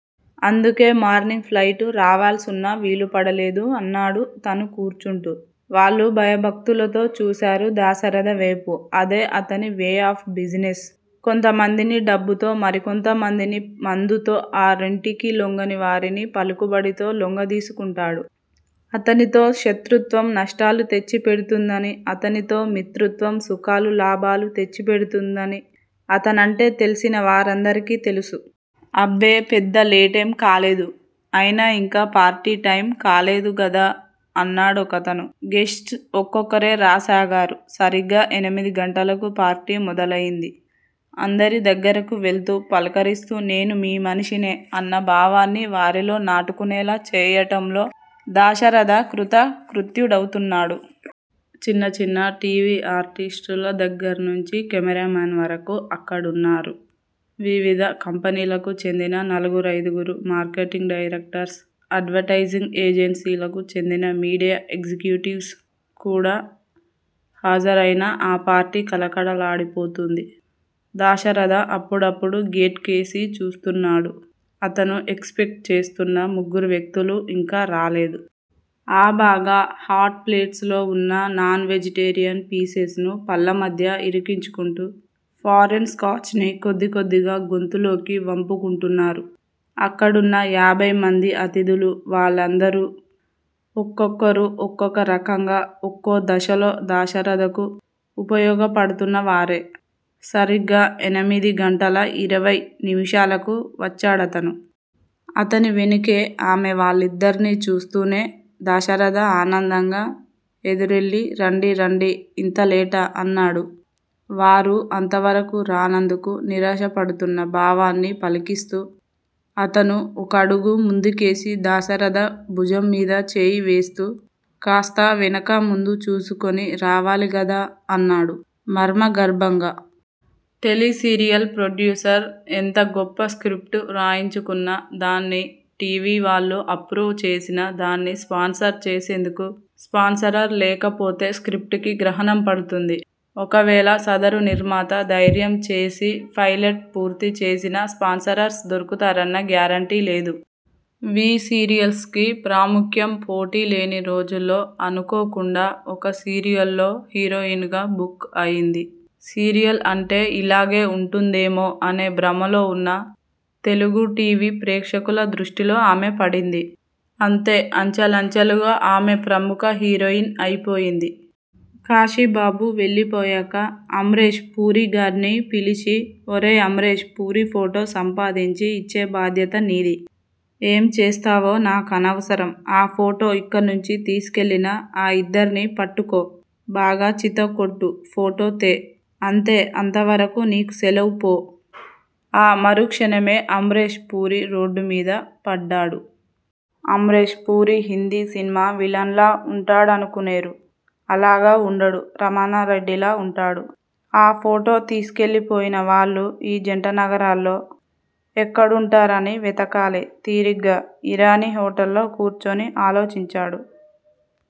అందుకే morning flight రావాల్సున్నా వీలుపడలేదు అన్నాడు తనూ కూర్చుంటూ. వాళ్ళు భయభక్తులతో చూసారు దాశరథవేపు. అదే అతని వే ఆఫ్ బిజినెస్. కొంతమందిని డబ్బుతో మరికొంతమందిని మందుతో, ఆ రెంటికి లొంగని వారిని పలుకుబడితో లొంగదీసుకుంటాడు. అతనితో శత్రుత్వం నష్టాలు తెచ్చి పెడుతుందని అతనితో మిత్రత్వం సుఖాలు, లాభాలు తచ్చి పెడుతుందని అతనంటే తెల్సిన వారందరికీ తెలుసు. అబ్బే పెద్ద లేటేం కాలేదు. అయినా ఇంకా పార్టీ టైమ్ కాలేదు గదా? అన్నాడొకతను. గేస్ట్స్ ఒక్కొక్కరే రాసాగారు. సరిగ్గా ఎనిమిది గంటలకు పార్టీ మొదలయింది. అందరి దగ్గరకు వెళ్తూ, పలకరిస్తూ నేను మీ మనిషినే అన్న భావాన్ని వారిలో నాటుకొనేలా చేయటంలో దాశరథ కృత కృత్యుడవుతున్నాడు. చిన్న చిన్న టీ. వీ ఆర్టిస్టుల దగ్గర్నుంచి కెమేరామెన్ వరకు అక్కడున్నారు. వివిధ కంపెనీలకు చెందిననలుగురైదుగురు మార్కెటింగ్ డైరెక్టర్స్, ఎడ్వటైజింగ్ ఏజెన్సీలకు చెందిన మీడియా ఎగ్జిక్యూటివ్స్ కూడా హాజరయిన ఆ పార్టీ కళకళలాడిపోతోంది. దాశరథ అప్పుడప్పుడు గేట్ కేసి చూస్తున్నాడు. అతను ఎక్స్ పెక్ట్ చేస్తున్నా ముగ్గురు వ్యక్తులూ ఇంకా రాలేదు. ఆబగా హాట్ ప్లేట్స్ లో ఉన్న నాన్ వెజిటేరియన్ పీసెస్ ను పళ్ళ మధ్య ఇరికించుకుంటూ ఫారెన్ స్కాచ్ ని కొద్దికొద్దిగా గొంతులోకి వంపుకుంటున్నారు అక్కడున్న యాభైమంది అతిధులు. వాళ్ళందరూ ఒక్కొక్కరు ఒక్కోరకంగా ఒక్కో దశలో దశరథకు ఉపయోగపడుతున్నవారే. సరిగ్గా ఎనమిది గంటల ఇరవై నిముషాలు కి వచ్చాడతను. అతని వెనుకే ఆమె వాళ్ళిద్దర్ని చూస్తూనే దాశరథ ఆనందంగా ఎదురెళ్ళి రండి రండి ఇంత లేటా? అన్నాడు. వారు అంతవరకు రానందుకు నిరాశపడుతున్న భావాన్ని పలికిస్తూ. అతను ఒకడుగు ముందుకేసి దాశరథ భుజం మీద చేయి వేస్తూ కాస్త వెనుకా ముందు చూసుకొని రావాలిగదా? అన్నాడు మర్మగర్భంగా. టెలీ సీరియల్ ప్రొడ్యూసర్ ఎంత గొప్ప స్క్రిప్ట్ వ్రాయించుకున్నా దాన్ని టి. వి వాళ్ళు అప్రూవ్ చేసినా దాన్ని స్పాన్సర్ చేసేందుకు స్పాన్సరర్ లేకపోతే స్క్రిప్ట్ కి గ్రహణం పడుతుంది. ఒకవేళ సదరు నిర్మాత ధైర్యంచేసి 'పైలట్' పూర్తి చేసినా స్పాన్సరర్స్ దొరుకుతారన్న గ్యారంటీ లేదు. వీ సీరియల్స్ కి ప్రాముఖ్యం పోటీలేని రోజుల్లో అనుకోకుండా ఒక సీరియల్ లో హీరోయిన్ గా బుక్ అయింది. సీరియల్ అంటే ఇలాగే ఉంటుందేమో అనే భ్రమలో ఉన్న తెలుగు టీ. వీ ప్రేక్షకులదృష్టిలో ఆమె పడింది. అంతే అంచెలంచేలుగా ఆమె ప్రముఖ హీరోయిన్ అయిపోయింది। కాశీబాబు వెళ్ళిపోయాక- అమ్రేష్ పురీగాడ్ని పిలిచి- ఒరేయ్ అమ్రేష్ పురీ ఫోటో సంపాదించి ఇచ్చే బాధ్యత నీది ఏం చేస్తావో నాకనవసరం ఆ ఫోటో ఇక్కడ్నించి తీసికెళ్ళిన ఆ ఇద్దర్నీ పట్టుకో బాగా చితక్కొట్టు ఫోటో తే అంతే అంతవరకూ నీకు సెలవ్ పో. ఆ మరుక్షణమే అమ్రేష్ పురి రోడ్డు మీద పడ్డాడు. అమ్రేష్ పురీ హిందీ సిన్మా విలన్ లా ఉంటాడనుకునేరు. అలాగ ఉండడు. రమణారెడ్డిలా ఉంటాడు. ఆ ఫోటో తీసికెళ్ళిపోయిన వాళ్ళు ఈ జంటనగరాల్లో ఎక్కడుంటారని వెతకాలి? తీరిగ్గా ఇరానీ హోటల్లో కూర్చుని ఆలోచించాడు.